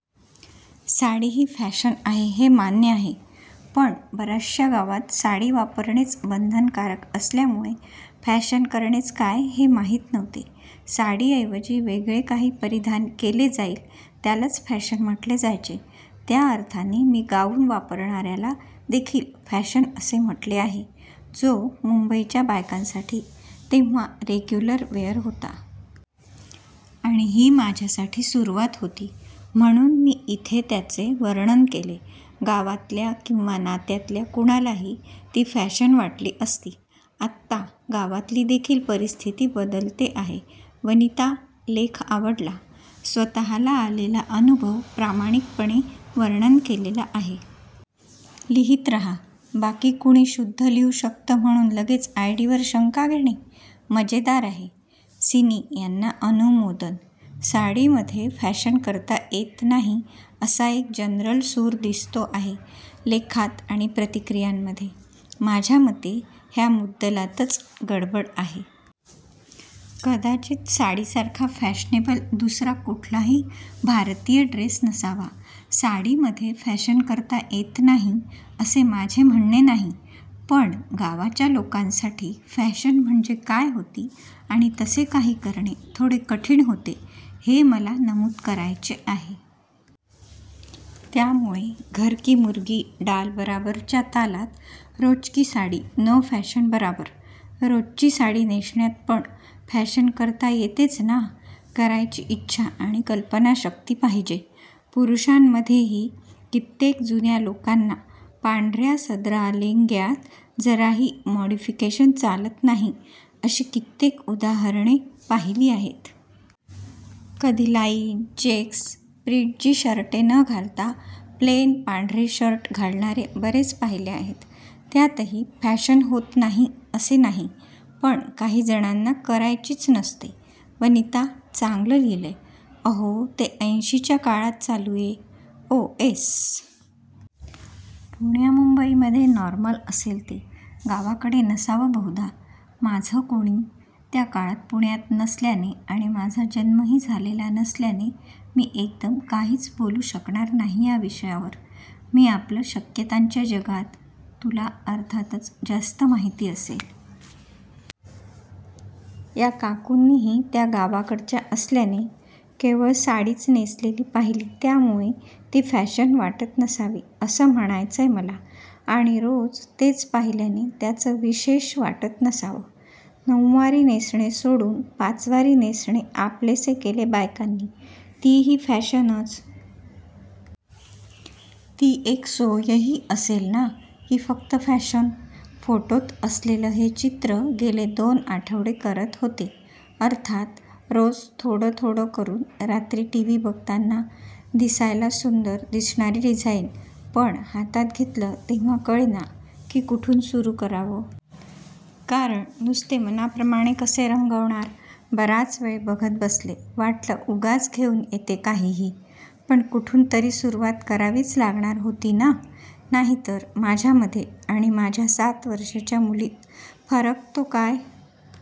साडी ही फॅशन आहे हे मान्य आहे. पण बऱ्याचशा गावात साडी वापरणेच बंधनकारक असल्यामुळे फॅशन करणेच काय हे माहीत नव्हते. साडी ऐवजी वेगळे काही परिधान केले जाईल त्यालाच फॅशन म्हटले जायचे. त्या अर्थाने मी गाऊन वापरण्याला देखील फॅशन असे म्हटले आहे जो मुंबईच्या बायकांसाठी तेव्हा रेगुलर वेअर होता. आणि ही माझ्यासाठी सुरुवात होती म्हणून मी इथे त्याचे वर्णन केले. गावातल्या किंवा नात्यातल्या कुणालाही ती फॅशन वाटली असती. आत्ता गावातली देखील परिस्थिती बदलते आहे. वनिता, लेख आवडला. स्वतःला आलेला अनुभव प्रामाणिकपणे वर्णन केलेला आहे. लिहीत रहा. बाकी, कुणी शुद्ध लिहू शकतं म्हणून लगेच आयडीवर शंका घेणे? मजेदार आहे. सिनि यांना अनुमोदन. साडीमधे फॅशन करता येत नाही असा एक जनरल सूर दिसतो आहे लेखात आणि प्रतिक्रियांमधे. माझ्या मते ह्या मुद्दलातच गडबड आहे. कदाचित साडीसारखा फॅशनेबल दुसरा कुठलाही भारतीय ड्रेस नसावा. साडीमध्ये फॅशन करता येत नाही असे माझे म्हणणे नाही. पण गावाच्या लोकांसाठी फॅशन म्हणजे काय होती आणि तसे काही करणे थोडे कठीण होते हे मला नमूद करायचे आहे. त्यामुळे घरकी मुर्गी डाल बराबर च्या तालात रोजकी साडी नो फॅशन बराबर. रोजची साडी नेसण्यात पण फॅशन करता येतेच ना. करायची इच्छा आणि कल्पनाशक्ती पाहिजे. पुरुषांमध्येही कित्येक जुन्या लोकांना पांढऱ्या सदरा लेंग्यात जराही मॉडिफिकेशन चालत नाही अशी कित्येक उदाहरणे पाहिली आहेत. कधी लाईन, चेक्स, प्रिंटची शर्टे न घालता प्लेन पांढरे शर्ट घालणारे बरेच पाहिले आहेत. त्यातही फॅशन होत नाही असे नाही, पण काही जणांना करायचीच नसते. वनिता, चांगलं लिहिलंय. अहो ते ऐंशीच्या काळात चालूये ओयेस! पुण्या मुंबईमधे नॉर्मल असेल ते. गावाकडे नसावं बहुधा! माझं कोणी त्या काळात पुण्यात नसल्याने आणि माझा जन्मही झालेला नसल्याने मी एकदम काहीच बोलू शकणार नाही या विषयावर. मी आपलं शक्यतांच्या जगात! तुला अर्थातच जास्त माहीत असेल. या काकूंनीही त्या गावाकडच्या असल्याने केवळ साडीच नेसलेली पाहिली त्यामुळे ती फॅशन वाटत नसावी असं म्हणायचंय मला. आणि रोज तेच पाहिल्याने त्याचं विशेष वाटत नसावं. नऊवारी नेसणे सोडून पाचवारी नेसणे आपलेसे केले बायकांनी ती ही फॅशनच. ती एक सोयही असेल ना? की फक्त फॅशन? फोटोत असलेलं हे चित्र गेले दोन आठवडे करत होते, अर्थात रोज थोडं थोडं करून रात्री टीव्ही बघताना. दिसायला सुंदर दिसणारी डिझाईन पण, हातात घेतलं तेव्हा कळेना की कुठून सुरू करावं. कारण नुसते मनाप्रमाणे कसे रंगवणार? बराच वेळ बघत बसले वाटलं उगाच घेऊन येते काहीही. पण कुठून तरी सुरुवात करावीच लागणार होती ना? नाहीतर माझ्यामध्ये आणि माझ्या सात वर्षाच्या मुलीत फरक तो काय?